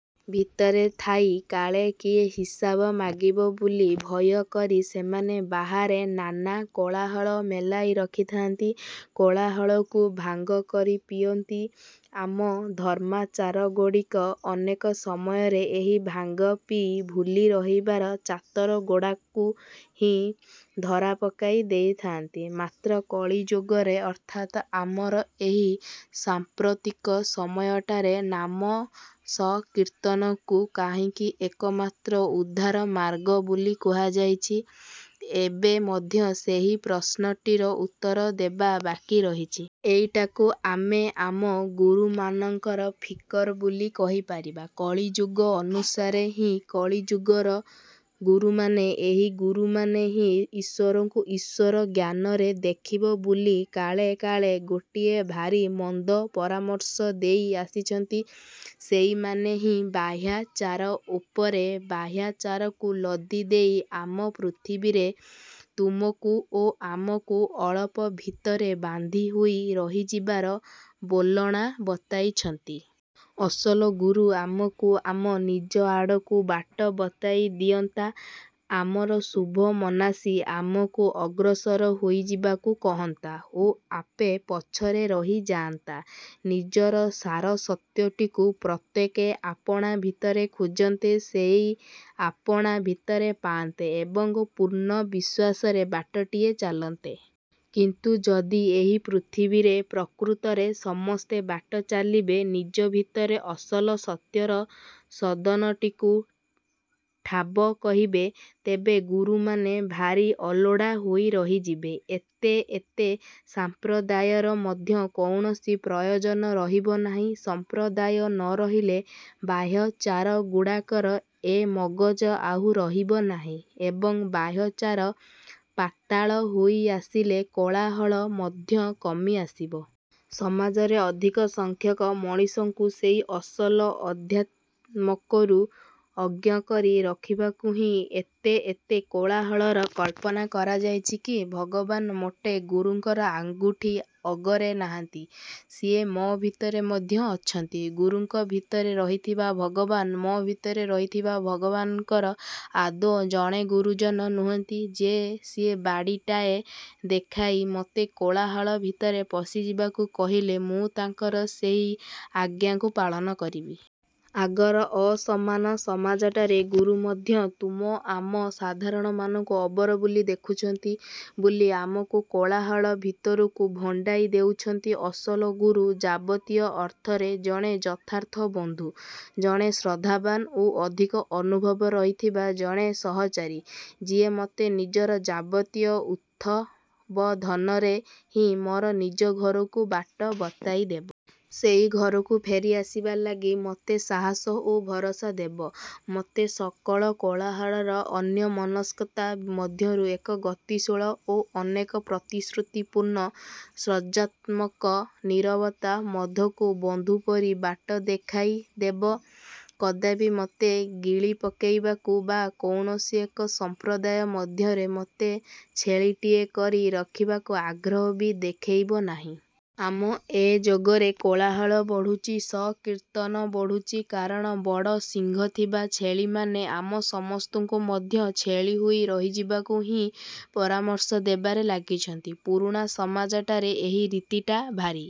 ଭିତରେ ଥାଇ କାଳେ କିଏ ହିସାବ ମାଗିବ ବୋଲି ଭୟ କରି ସେମାନେ ବାହାରେ ନାନା କୋଳାହଳ ମେଲାଇ ରଖିଥାନ୍ତି। କୋଳାହଳକୁ ଭାଙ୍ଗ କରି ପିଅନ୍ତି। ଆମ ଧର୍ମାଚାରଗୁଡ଼ିକ ଅନେକ ସମୟରେ ଏହି ଭାଙ୍ଗ ପିଇ ଭୁଲି ରହିବାର ଚାତରଗୁଡ଼ାକୁ ହିଁ ଧରାପକାଇ ଦେଇଥାନ୍ତି। ମାତ୍ର, କଳିଯୁଗରେ ଅର୍ଥାତ୍ ଆମର ଏହି ସାଂପ୍ରତିକ ସମୟଟାରେ ନାମ ସଂକୀର୍ତ୍ତନକୁ କାହିଁକି ଏକମାତ୍ର ଉଦ୍ଧାରମାର୍ଗ ବୋଲି କୁହାଯାଇଛି, ଏବେ ମଧ୍ୟ ସେହି ପ୍ରଶ୍ନଟିର ଉତ୍ତର ଦେବା ବାକି ରହିଛି। ଏଇଟାକୁ ଆମେ ଆମ ଗୁରୁମାନଙ୍କର ଫିକର ବୋଲି କହିପାରିବା। କଳିଯୁଗ ଅନୁସାରେ ହିଁ କଳିଯୁଗର ଗୁରୁମାନେ। ଏହି ଗୁରୁମାନେ ହିଁ ଗୁରୁଙ୍କୁ ଈଶ୍ୱର ଜ୍ଞାନରେ ଦେଖିବ ବୋଲି କାଳେ କାଳେ ଗୋଟିଏ ଭାରି ମନ୍ଦ ପରାମର୍ଶ ଦେଇ ଆସିଛନ୍ତି। ସେଇମାନେ ହିଁ ବାହ୍ୟାଚାର ଉପରେ ବାହ୍ୟାଚାରକୁ ଲଦି ଦେଇ ଆମ ପୃଥିବୀରେ ତୁମକୁ ଓ ଆମକୁ ଅଳପ ଭିତରେ ବାନ୍ଧି ହୋଇ ରହିଯିବାର ବୋଲଣା ବତାଇଛନ୍ତି। ଅସଲ ଗୁରୁ ଆମକୁ ଆମ ନିଜ ଆଡ଼କୁ ବାଟ ବତାଇ ଦିଅନ୍ତା। ଆମର ଶୁଭ ମନାସି ଆମକୁ ଅଗ୍ରସର ହୋଇଯିବାକୁ କହନ୍ତା ଓ ଆପେ ପଛରେ ରହିଯାଆନ୍ତା। ନିଜର ସାରସତ୍ୟଟିକୁ ପ୍ରତ୍ୟେକେ ଆପଣା ଭିତରେ ଖୋଜନ୍ତେ, ସେଇ ଆପଣା ଭିତରେ ପାଆନ୍ତେ ଏବଂ ପୂର୍ଣ୍ଣ ବିଶ୍ୱାସରେ ବାଟଟିଏ ଚାଲନ୍ତେ। କିନ୍ତୁ, ଯଦି ଏହି ପୃଥିବୀରେ ପ୍ରକୃତରେ ସମସ୍ତେ ବାଟ ଚାଲିବେ, ନିଜ ଭିତରେ ଅସଲ ସତ୍ୟର ସଦନଟିକୁ ଠାବ କରିବେ, ତେବେ ଗୁରୁମାନେ ଭାରି ଅଲୋଡ଼ା ହୋଇ ରହିଯିବେ। ଏତେ ଏତେ ସମ୍ପ୍ରଦାୟର ମଧ୍ୟ କୌଣସି ପ୍ରୟୋଜନ ରହିବ ନାହିଁ। ସଂପ୍ରଦାୟ ନ ରହିଲେ ବାହ୍ୟାଚାର ଗୁଡ଼ାକର ଏ ମଗଜ ଆଉ ରହିବ ନାହିଁ ଏବଂ ବାହ୍ୟାଚାର ପାତଳା ହୋଇଆସିଲେ କୋଳାହଳ ମଧ୍ୟ କମି ଆସିବ। ସମାଜର ଅଧିକସଂଖ୍ୟକ ମଣିଷଙ୍କୁ ଏହି ଅସଲ ଅଧ୍ୟାତ୍ମ୍ୟରୁ ଅଜ୍ଞ କରି ରଖିବାକୁ ହିଁ ଏତେ ଏତେ କୋଳାହଳର କଳ୍ପନା କରାଯାଇଛି କି? ଭଗବାନ ମୋଟେ ଗୁରୁଙ୍କର ଆଙ୍ଗୁଠି ଅଗରେ ନାହାନ୍ତି। ସିଏ ମୋ' ଭିତରେ ମଧ୍ୟ ଅଛନ୍ତି। ଗୁରୁଙ୍କ ଭିତରେ ରହିଥିବା ଭଗବାନ ମୋ ଭିତରେ ରହିଥିବା ଭଗବାନଙ୍କର ଆଦୌ ଜଣେ ଗୁରୁଜନ ନୁହନ୍ତି ଯେ ସିଏ ବାଡ଼ିଟାଏ ଦେଖାଇ ମୋତେ କୋଳାହଳ ଭିତରେ ପଶିଯିବାକୁ କହିଲେ ମୁଁ ତାଙ୍କର ସେହି ଆଜ୍ଞାକୁ ପାଳନ କରିବି। ଆଗର ଅସମାନ ସମାଜଟାରେ ଗୁରୁ ମଧ୍ୟ ତୁମ ଆମ ସାଧାରଣମାନଙ୍କୁ ଅବର ବୋଲି ଦେଖୁଛନ୍ତି ବୋଲି ଆମକୁ କୋଳାହଳ ଭିତରକୁ ଭଣ୍ଡାଇ ଦେଉଛନ୍ତି। ଅସଲ ଗୁରୁ ଯାବତୀୟ ଅର୍ଥରେ ଜଣେ ଯଥାର୍ଥ ବନ୍ଧୁ, ଜଣେ ଶ୍ରଦ୍ଧାବାନ ଓ ଅଧିକ ଅନୁଭବ ରହିଥିବା ଜଣେ ସହଚାରୀ। ସିଏ ମୋତେ ନିଜର ଯାବତୀୟ ଉଦ୍ବୋଧନରେ ହିଁ ମୋ ନିଜ ଘରକୁ ବାଟ ବତାଇଦେବ। ସେହି ଘରକୁ ଫେରି ଆସିବା ଲାଗି ମୋତେ ସାହସ ଏବଂ ଭରସା ଦେବ। ମୋତେ ସକଳ କୋଳାହଳର ଅନ୍ୟମନସ୍କତା ମଧ୍ୟରୁ ଏକ ଗତିଶୀଳ ଓ ଅନେକ ପ୍ରତିଶ୍ରୁତିପୂର୍ଣ୍ଣ ସର୍ଜନାତ୍ମକ ନୀରବତା ମଧକୁ ବନ୍ଧୁ ପରି ବାଟ ଦେଖାଇଦେବ। କଦାପି ମୋତେ ଗିଳିପକାଇବାକୁ ବା କୌଣସି ଏକ ସଂପ୍ରଦାୟ ମଧ୍ୟରେ ମୋତେ ଛେଳିଟିଏ କରି ରଖିବାକୁ ଆଗ୍ରହ ବି ଦେଖାଇବ ନାହିଁ। ଆମ ଏ ଯୁଗରେ କୋଳାହଳ ବଢୁଛି, ସଂକୀର୍ତ୍ତନ ବଢୁଛି, କାରଣ ବଡ଼ ଶିଙ୍ଗ ଥିବା ଛେଳିମାନେ ଆମ ସମସ୍ତଙ୍କୁ ମଧ୍ୟ ଛେଳି ହୋଇ ରହିଯିବାକୁ ହିଁ ପରାମର୍ଶ ଦେବାରେ ଲାଗିଛନ୍ତି। ପୁରୁଣା ସମାଜଟାରେ ଏହି ରୀତିଟା ଭାରି